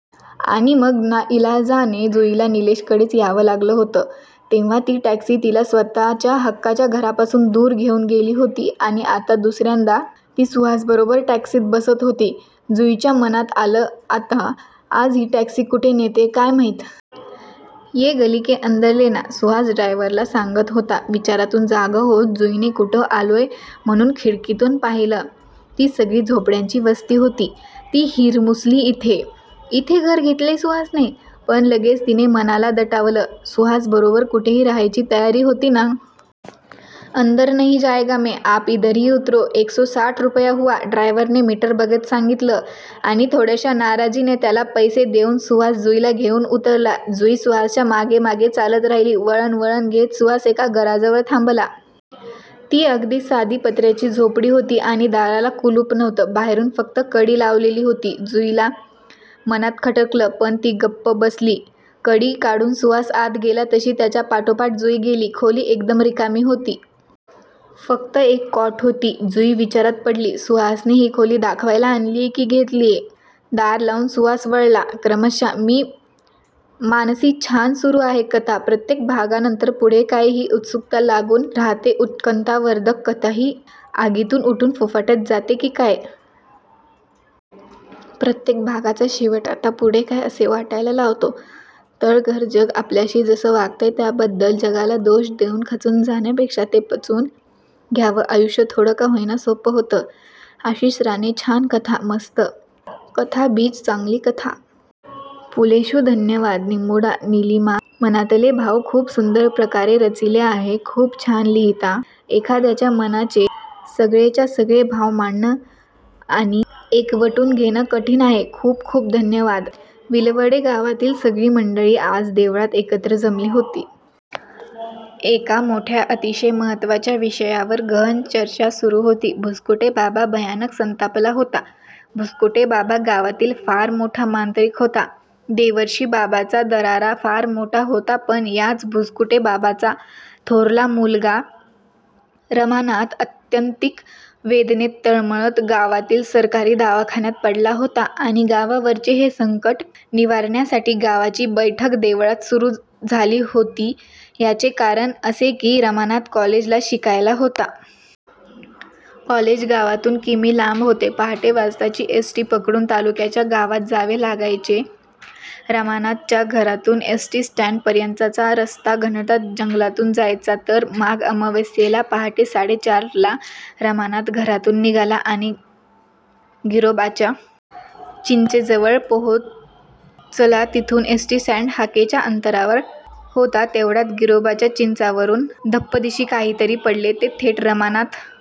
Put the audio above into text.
आणि मग नाईलाजाने जुईला निलेशकडेच यावं लागलं होतंतेव्हा ती टॅक्सी तिला स्वतःच्या हक्काच्या घरापासून दूर घेऊन गेली होतीआणि आता दुसऱ्यांदा ती सुहासबरोबर टॅक्सीत बसत होती. जुईच्या मनात आलंआता आज ही टॅक्सी कुठे नेतेय काय माहित? "ये गलीके अंदर लेना"सुहास ड्रायव्हरला सांगत होताविचारातून जागं होत जुईने कुठे आलोय म्हणून खिडकीतून पाहिलंती सगळी झोपड्यांची वस्ती होती. ती हिरमुसलीइथे? इथे घर घेतलंय सुहासने? पण लगेच तिने मनाला दटावलंसुहासबरोबर कुठेही राहायची तयारी होती ना? "अंदर नही जायेगा मै. आप इधरही उतरोएकसोसाठ रुपया हुवा. " ड्रॉयव्हरने मीटर बघत सांगितलं आणि थोड्याशा नाराजीने त्याला पैसे देऊन सुहास जुईला घेऊन उतरलाजुई सुहासच्या मागेमागे चालत राहिली. वळणं वळणं घेत सुहास एका घराजवळ थांबला. ती अगदी साधी पत्र्याची झोपडी होती. आणि दाराला कुलूप नव्हतं. बाहेरून फक्त कडी लावलेली होती. जुईला मनांत खटकलं, पण ती गप्प बसलीकडी काढून सुहास आत गेला तशी त्याच्या पाठोपाठ जुई गेली. खोली एकदम रिकामी होती. फक्त एक कॉट होती. जुई विचारात पडलीसुहासने ही खोली दाखवायला आणलीय कि घेतलीय? दार लावून सुहास वळलाक्रमशःमी मानसीछान सुरू आहे कथा. प्रत्येक भागानंतर पुढे काय, ही उत्सुकता लागून राहतेउत्कंठावर्धक कथाही आगीतून उठून फुफाट्यात जाते की काय???? प्रत्येक भागाचा शेवट "आता पुढे काय? " असे वाटायला लावतो! तळघरजग आपल्याशी जसं वागतंय त्याबद्दल जगाला दोष देवून खचून जाण्यापेक्षा ते पचवून घ्यावंआयुष्य थोडं का होईना सोप्पं होतं. आशिष राणेछान कथा. मस्त कथाबीजचांगली कथा.. पुलेशुधन्यवाद, निंबुडा, निलिमामनातले भाव खुप सुन्दर प्रकारे रचिले आहेत. खुप छान लिहिता.. एखाद्याच्या मनाचे सगळेच्या सगळे भाव मांडणं आणि एकवटून घेणं कठीण आहे..:खूप खूप धन्यवाद. विलवडे गावातील सगळी मंडळी आज देवळात एकत्र जमली होती. एका मोठ्या अतिशय महत्त्वाच्या विषयावर गहन चर्चा सुरू होती. भुस्कूटे बाबा भयानक संतापला होता. भुसकुटे बाबा गावातील फार मोठा मांत्रिक होता. देवर्षी बाबाचा दरारा फार मोठा होतापण याच भुसकुटे बाबाचा थोरला मुलगा रमानाथ आत्यंतिक वेदनेत तळमळत गावातील सरकारी दवाखान्यात पडला होता, आणि गावावरचे हे संकट निवारण्यासाठी गावाची बैठक देवळात सुरू झाली होतीयाचे कारण असे की रमानाथ कॉलेज ला शिकायला होता. कॉलेज गावातून किमी लांब होते. पहाटे. वाजताची एस टी पकडून तालुक्याच्या गावात जावे लागायचेरमानाथ च्या घरातून एस टी स्टँड पर्यंतचा रस्ता घनदाट जंगलातून जायचातर माघ अमावास्येला पहाटे साडेचार ला रमानाथ घरातून निघालाआणि गिरोबाच्या चिंचेजवळ पोहोचलातिथून एस टी स्टँड हाकेच्या अंतरावर होतातेवढ्यात गिरोबाच्या चिंचेवरून धप्पदिशी काहीतरी पडले, ते थेट रमानाथ